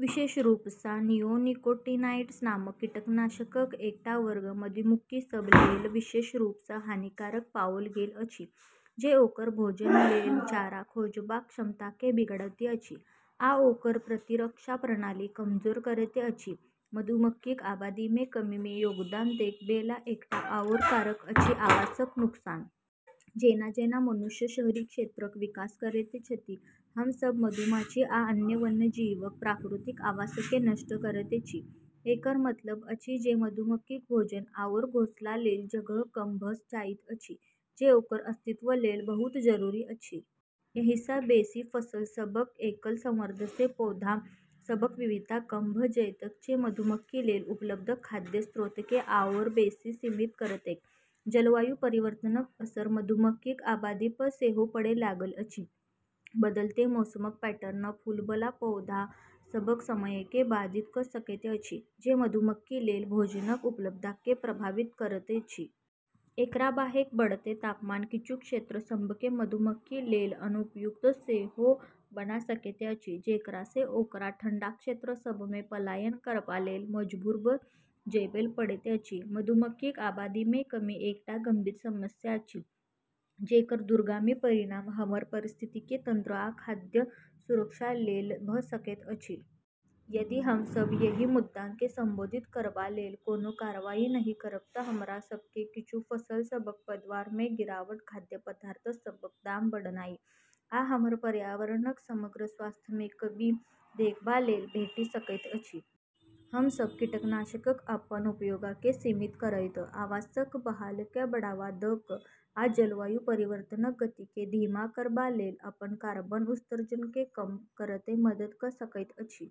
विशेष रूपसँ नियोनिकोटिनोइड्स नामक कीटनाशकक एकटा वर्ग मधुमक्खी सभ लेल विशेष रूपसँ हानिकारक पाओल गेल अछि, जे ओकर भोजन लेल चारा खोजबाक क्षमताकेँ बिगाड़ैत अछि आ ओकर प्रतिरक्षा प्रणाली कमजोर करैत अछि। मधुमक्खीक आबादीमे कमीमे योगदान देबैबला एकटा आओर कारक अछि आवासक नुकसान। जेना-जेना मनुष्य शहरी क्षेत्रक विकास करैत छथि, हम सभ मधुमाछी आ अन्य वन्यजीवक प्राकृतिक आवासकेँ नष्ट करैत छी। एकर मतलब अछि जे मधुमक्खीक भोजन आओर घोंसला लेल जगह कम भऽ जाइत अछि, जे ओकर अस्तित्व लेल बहुत जरूरी अछि। एहिसँ बेसी फसल सभक एकल संवर्धनसँ पौधा सभक विविधता कम भऽ जेतैक, जे मधुमक्खी लेल उपलब्ध खाद्य स्रोतकेँ आओर बेसी सीमित करतैक। जलवायु परिवर्तनक असर मधुमक्खीक आबादी पर सेहो पड़ै लागल अछि। बदलैत मौसमक पैटर्न फूलबला पौधा सभक समयकेँ बाधित कऽ सकैत अछि, जे मधुमक्खी लेल भोजनक उपलब्धताकेँ प्रभावित करैत अछि। एकरा बाहेक बढ़ैत तापमान किछु क्षेत्र सभकेँ मधुमक्खी लेल अनुपयुक्त सेहो बना सकैत अछि, जेकरासँ ओकरा ठंढा क्षेत्र सभमे पलायन करबा लेल मजबूर भऽ जेबैल पड़ैत अछि। मधुमक्खीक आबादीमे कमी एकटा गंभीर समस्या अछि जेकर दूरगामी परिणाम हमर पारिस्थितिकी तंत्र आ खाद्य सुरक्षा लेल भऽ सकैत अछि। यदि हम सभ एहि मुद्दाकेँ संबोधित करबा लेल कोनो कार्रवाई नहि करब तँ हमरा सभकेँ किछु फसल सभक पैदावारमे गिरावट, खाद्य पदार्थ सभक दाम बढ़नाइ, आ हमर पर्यावरणक समग्र स्वास्थ्यमे कमी देखबा लेल भेटि सकैत अछि। हम सभ कीटनाशकक अपन उपयोगकेँ सीमित करैत, आवासक बहालीकेँ बढ़ावा दऽ कऽ, आ जलवायु परिवर्तनक गतिकेँ धीमा करबा लेल अपन कार्बन उत्सर्जनकेँ कम करैत मदद कऽ सकैत छी।